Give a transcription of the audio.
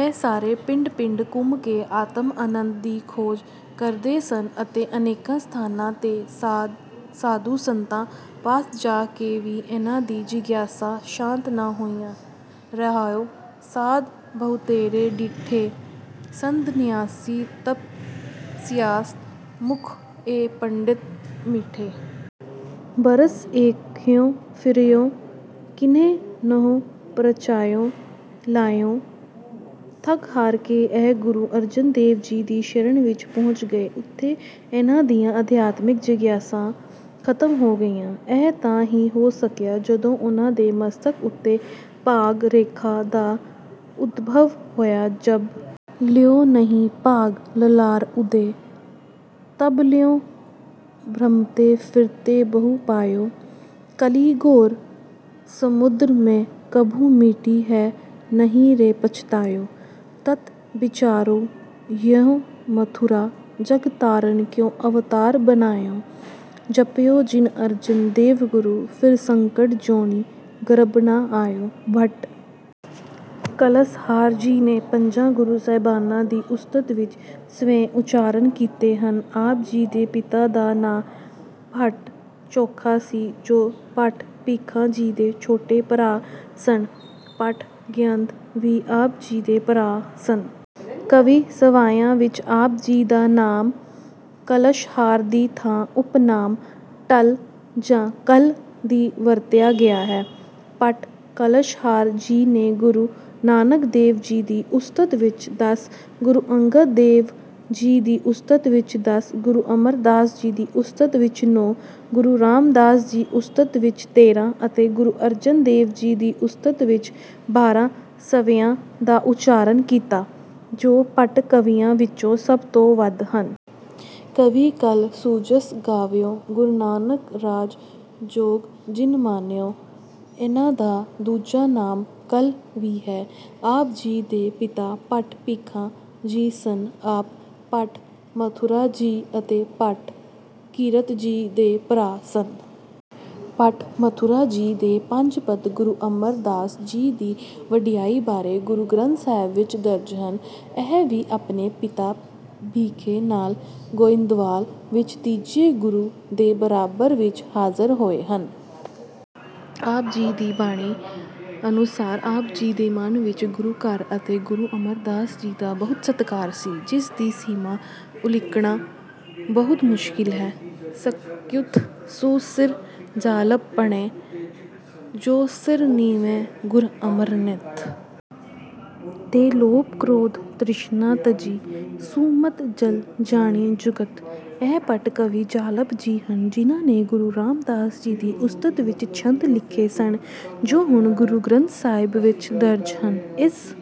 ਇਹ ਸਾਰੇ ਪਿੰਡ-ਪਿੰਡ ਘੁੰਮ ਕੇ ਆਤਮ-ਆਨੰਦ ਦੀ ਖੋਜ ਕਰਦੇ ਸਨ ਅਤੇ ਅਨੇਕਾਂ ਸਥਾਨਾਂ ’ਤੇ ਸਾਧੂ-ਸੰਤਾਂ ਪਾਸ ਜਾ ਕੇ ਵੀ ਇਹਨਾਂ ਦੀ ਜਿਗਿਆਸਾ ਸ਼ਾਂਤ ਨਾ ਹੋਈ। ਰਹਿਓ ਸਾਧ ਬਹੁਤੇਰੇ ਡਿਠੇ, ਸੰਧਨਿਆਸੀ ਤਪਸੀਅਤ ਮੁਖਹੁ ਏ ਪੰਡਿਤ ਮਿਠੇ। ਬਰਸੁ ਏਕੁ ਹਉ ਫਿਰਿਓ, ਕਿਨੈ ਨਹੁ ਪਰਚਉ ਲਾਯਉ। ਥੱਕ-ਹਾਰ ਕੇ ਇਹ ਗੁਰੂ ਅਰਜਨ ਦੇਵ ਜੀ ਦੀ ਸ਼ਰਨ ਵਿੱਚ ਪਹੁੰਚ ਗਏ। ਉੱਥੇ ਇਹਨਾਂ ਦੀ ਅਧਿਆਤਮਿਕ ਜਿਗਿਆਸਾ ਖ਼ਤਮ ਹੋ ਗਈ। ਇਹ ਤਾਂ ਹੀ ਹੋ ਸਕਿਆ, ਜਦੋਂ ਉਹਨਾਂ ਦੇ ਮਸਤਕ ਉੱਤੇ ਭਾਗ-ਰੇਖਾ ਦਾ ਉਦਭਵ ਹੋਇਆ। ਜਬ ਲਉ ਨਹੀ ਭਾਗੁ ਲਿਲਾਰੁ ਉਦੈ, ਤਬ ਲਉ ਭ੍ਰਮੰਤੇ ਫਿਰਤੇ ਬਹੁ ਪਾਇਓ। ਕਲਿ ਘੋਰ ਸਮੁਦ੍ਰ ਮੈ ਕਬਹੂ ਮਿਟੀ ਹੈ ਨਹੀ ਰੇ ਪਛੁਤਾਇਓ। ਤਤੁ ਬਿਚਾਰੁ ਯਹੈ ਮਥੁਰਾ, ਜਗ ਤਾਰਨ ਕਉ ਅਵਤਾਰੁ ਬਨਾਇਓ। ਜਪਉ ਜਿਨ ਅਰਜਨ ਦੇਵ ਗੁਰੂ, ਫਿਰਿ ਸੰਕਟ ਜੋਨਿ ਗਰਭ ਕਾ ਆਇਓ। ਭੱਟ ਕਲਸਹਾਰ ਜੀ ਨੇ ਪੰਜਾਂ ਗੁਰੂ ਸਾਹਿਬਾਨ ਦੀ ਉਸਤਤ ਵਿੱਚ ਸਵੱਯੇ ਉਚਾਰਨ ਕੀਤੇ ਹਨ। ਆਪ ਜੀ ਦੇ ਪਿਤਾ ਦਾ ਨਾਮ ਭੱਟ ਚੋਖਾ ਸੀ, ਜੋ ਭੱਟ ਭੀਖਾ ਜੀ ਦੇ ਛੋਟੇ ਭਰਾ ਸਨ। ਭੱਟ ਗਯੰਦ ਵੀ ਆਪ ਜੀ ਦੇ ਭਰਾ ਸਨ। ਕਈ ਸਵੱਯਿਆਂ ਵਿੱਚ ਆਪ ਜੀ ਦਾ ਨਾਮ ਕਲਸਹਾਰ ਦੀ ਥਾਂ ਉਪਨਾਮ ‘ਟੱਲ’ ਜਾਂ ‘ਕਲ੍ਹ’ ਵੀ ਵਰਤਿਆ ਗਿਆ ਹੈ। ਭੱਟ ਕਲਸਹਾਰ ਜੀ ਨੇ ਗੁਰੂ ਨਾਨਕ ਦੇਵ ਜੀ ਦੀ ਉਸਤਤ ਵਿੱਚ ਦਸ, ਗੁਰੂ ਅੰਗਦ ਦੇਵ ਜੀ ਦੀ ਉਸਤਤ ਵਿੱਚ ਦਸ, ਗੁਰੂ ਅਮਰਦਾਸ ਜੀ ਦੀ ਉਸਤਤ ਵਿੱਚ ਨੌਂ, ਗੁਰੂ ਰਾਮਦਾਸ ਜੀ ਦੀ ਉਸਤਤ ਵਿੱਚ ਤੇਰ੍ਹਾਂ ਅਤੇ ਗੁਰੂ ਅਰਜਨ ਦੇਵ ਜੀ ਦੀ ਉਸਤਤ ਵਿੱਚ ਬਾਰ੍ਹਾਂ ਸਵੱਯਿਆਂ ਦਾ ਉਚਾਰਨ ਕੀਤਾ ਹੈ, ਜੋ ਭੱਟ ਕਵੀਆਂ ਵਿੱਚੋਂ ਸਭ ਤੋਂ ਵੱਧ ਹਨ। ‘ਕਵਿ ਕਲ ਸੁਜਸੁ ਗਾਵਉ ਗੁਰ ਨਾਨਕ ਰਾਜੁ ਜੋਗੁ ਜਿਨਿ ਮਾਣਿਓ।’ ਇਨ੍ਹਾਂ ਦਾ ਦੂਜਾ ਨਾਮ ‘ਕਲ੍ਹ’ ਵੀ ਹੈ। ਆਪ ਜੀ ਦੇ ਪਿਤਾ ਭੱਟ ਭਿਖਾ ਜੀ ਸਨ। ਆਪ ਭੱਟ ਮਥੁਰਾ ਜੀ ਅਤੇ ਭੱਟ ਕੀਰਤ ਜੀ ਦੇ ਭਰਾ ਸਨ। ਭੱਟ ਮਥੁਰਾ ਜੀ ਦੇ ਪੰਜ ਪਦ ਗੁਰੂ ਅਮਰਦਾਸ ਜੀ ਦੀ ਵਡਿਆਈ ਬਾਰੇ ਗੁਰੂ ਗ੍ਰੰਥ ਸਾਹਿਬ ਵਿੱਚ ਦਰਜ ਹਨ। ਇਹ ਵੀ ਆਪਣੇ ਪਿਤਾ ਭਿਖੇ ਨਾਲ ਗੋਇੰਦਵਾਲ ਵਿੱਚ ਤੀਜੇ ਗੁਰੂ ਦੇ ਦਰਬਾਰ ਵਿੱਚ ਹਾਜ਼ਰ ਹੋਏ ਸਨ। ਆਪ ਜੀ ਦੀ ਬਾਣੀ ਅਨੁਸਾਰ, ਆਪ ਜੀ ਦੇ ਮਨ ਵਿੱਚ ਗੁਰੂ-ਘਰ ਅਤੇ ਗੁਰੂ ਅਮਰਦਾਸ ਜੀ ਦਾ ਬਹੁਤ ਸਤਿਕਾਰ ਸੀ, ਜਿਸ ਦੀ ਸੀਮਾ ਉਲੀਕਣਾ ਬਹੁਤ ਮੁਸ਼ਕਿਲ ਹੈ। ਸਕਯਥੁ ਸੁ ਸਿਰੁ ਜਾਲਪੁ ਭਣੈ, ਜੁ ਸਿਰੁ ਨਿਵੈ ਗੁਰ ਅਮਰ ਨਿਤ। ਤੈ ਲੋਭੁ ਕ੍ਰੋਧੁ ਤ੍ਰਿਸਨਾ ਤਜੀ, ਸੁ ਮਤਿ ਜਲੁ ਜਾਣੀ ਜੁਗਤਿ। ਇਹ ਭੱਟ ਕਵੀ ਜਾਲਪ ਜੀ ਹਨ, ਜਿਨ੍ਹਾਂ ਨੇ ਗੁਰੂ ਰਾਮਦਾਸ ਜੀ ਦੀ ਉਸਤਤ ਵਿੱਚ ਛੰਦ ਲਿਖੇ ਸਨ, ਜੋ ਹੁਣ ਗੁਰੂ ਗ੍ਰੰਥ ਸਾਹਿਬ ਵਿੱਚ ਦਰਜ ਹਨ। ਇਸ